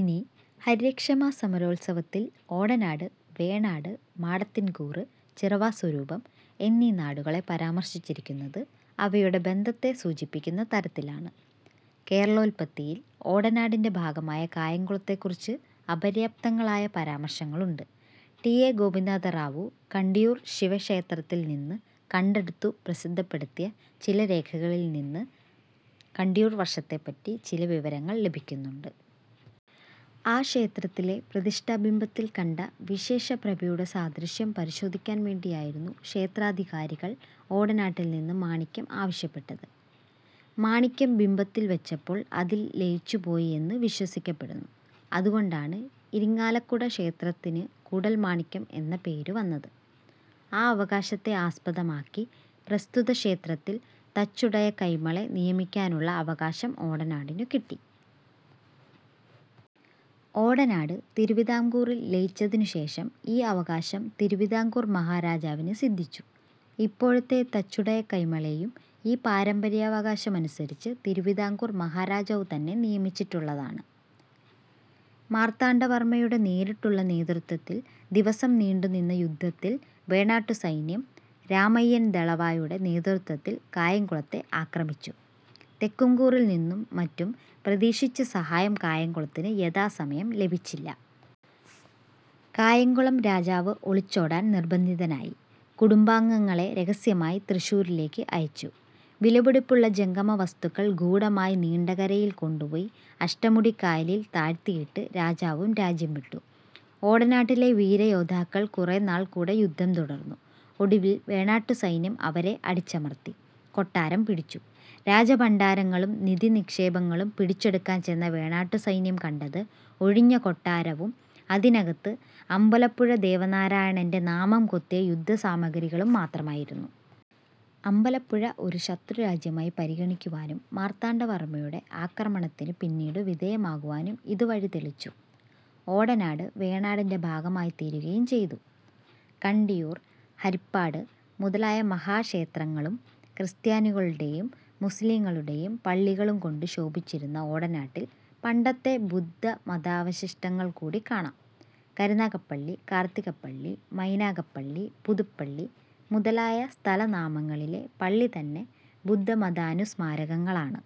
ഇനി ഹര്യക്ഷമാസ്സമരോത്സവത്തിൽ ഓടനാട്, വേണാട്, മാടത്തിൻകൂറ്, ചിറവാസ്വരൂപം എന്നീ നാടുകളെ പരാമർശിച്ചിരിക്കുന്നത് അവയുടെ ബന്ധത്തെ സൂചിപ്പിക്കുന്ന തരത്തിലാണ്. കേരളോത്പത്തിയിൽ ഓടനാടിന്റെ ഭാഗമായ കായംകുളത്തെകുറിച്ച് അപര്യാപ്തങ്ങളായ പരാമർശങ്ങളുണ്ട്. ടി. എ. ഗോപിനാഥറാവു കണ്ടിയൂർ ശിവക്ഷേത്രത്തിൽ നിന്നു കണ്ടെടുത്തു പ്രസിദ്ധപ്പെടുത്തിയ ചില രേഖകളിൽ നിന്ന് കണ്ടിയൂർ വർഷത്തെപ്പറ്റി ചില വിവരങ്ങൾ ലഭിക്കുന്നുണ്ട്. ആ ക്ഷേത്രത്തിലെ പ്രതിഷ്ഠാബിംബത്തിൽ കണ്ട വിശേഷ പ്രഭയുടെ സാദൃശ്യം പരിശോധിക്കാൻ വേണ്ടിയായിരുന്നു ക്ഷേത്രാധികാരികൾ ഓടനാട്ടിൽ നിന്ന് മാണിക്യം ആവശ്യപ്പെട്ടത്. മാണിക്യം ബിംബത്തിൽ വച്ചപ്പോൾ അതിൽ ലയിച്ചുപോയി എന്നു വിശ്വസിക്കപ്പെടുന്നു. അതുകൊണ്ടാണ് ഇരിങ്ങാലക്കുട ക്ഷേത്രത്തിന് കൂടൽമാണിക്യം എന്ന പേരു വന്നത്. ആ അവകാശത്തെ ആസ്പദമാക്കി പ്രസ്തുത ക്ഷേത്രത്തിൽ തച്ചുടയകൈമളെ നിയമിക്കാനുള്ള അവകാശം ഓടനാടിനു കിട്ടി. ഓടനാടു തിരുവിതാംകൂറിൽ ലയിച്ചതിനുശേഷം ഈ അവകാശം തിരുവിതാംകൂർ മഹാരാജാവിന് സിദ്ധിച്ചു. ഇപ്പോഴത്തെ തച്ചുടയകൈമളെയും ഈ പാരമ്പര്യാവകാശമനുസരിച്ച് തിരുവിതാംകൂർ മഹാരാജാവുതന്നെ നിയമിച്ചിട്ടുള്ളതാണ്. മാർത്താണ്ഡവർമയുടെ നേരിട്ടുള്ള നേതൃത്വത്തിൽ ദിവസം നീണ്ടുനിന്ന യുദ്ധത്തിൽ വേണാട്ടുസൈന്യം രാമയ്യൻ ദളവായുടെ നേതൃത്വവത്തിൽ കായംകുളത്തെ ആക്രമിച്ചു. തെക്കുംകൂറിൽനിന്നും മറ്റും പ്രതീക്ഷിച്ച സഹായം കായംകുളത്തിനു യഥാസമയം ലഭിച്ചില്ല. കായംകുളം രാജാവ് ഒളിച്ചോടാൻ നിർബ്ദന്ധിതനായി. കുടുബാംഗങ്ങളെ രഹസ്യമായി തൃശ്ശൂരിലേക്ക് അയച്ചു. വിലപിടിപ്പുള്ള ജംഗമ വസ്തുക്കൾ ഗൂഢമായി നീണ്ടകരയിൽ കൊണ്ടുപോയി അഷ്ടമുടിക്കായലിൽ താഴ്ത്തിയിട്ട് രജാവും രജ്യം വിട്ടു. ഓടനാട്ടിലെ വീരയോദ്ധാക്കൾ കുറേനാൾ കൂടെ യുദ്ധം തുടർന്നു. ഒടുവിൽ വേണാട്ടുസൈന്യം അവരെ അടിച്ചമർത്തി. കൊട്ടാരം പിടിച്ചു. രാജഭണ്ഡാരങ്ങളും നിധിനിക്ഷേപങ്ങളും പിടിച്ചെടുക്കാൻ ചെന്ന വേണാട്ടുസൈന്യം കണ്ടത് ഒഴിഞ്ഞകൊട്ടാരവും അതിനകത്ത് അമ്പലപ്പുഴ ദേവനാരായണന്റെ നാമം കൊത്തിയ യുദ്ധസാമഗ്രികളും മത്രമായിരുന്നു. അമ്പലപ്പുഴ ഒരു ശത്രുരാജ്യമായി പരിഗണിക്കുവാനും മാർത്താണ്ഡവർമയുടെ ആക്രമണത്തിനു പിന്നീടു വിധേയമാകുവാനും ഇതു വഴി തെളിച്ചു. ഓടനാട് വേണാടിന്റെ ഭാഗമായിത്തീരുകയും ചെയ്തു. കണ്ടിയൂർ, ഹരിപ്പാട് മുതലായ മഹാക്ഷേത്രങ്ങളും ക്രിസ്ത്യാനികളുടെയും, മുസ്ലീങ്ങളുടെയും പള്ളികളുംകൊണ്ട് ശോഭിച്ചിരുന്ന ഓടനാട്ടിൽ പണ്ടത്തെ ബുദ്ധമതാവശിഷ്ടങ്ങൾകൂടി കാണാം. കരുനാഗപ്പള്ളി, കാർതികപ്പള്ളി, മൈനാഗപ്പള്ളി, പുതുപ്പള്ളി മുതലായ സ്ഥലനാമങ്ങളിലെ പള്ളിതന്നെ ബുദ്ധമതാനുസ്മാരകങ്ങളാണ്.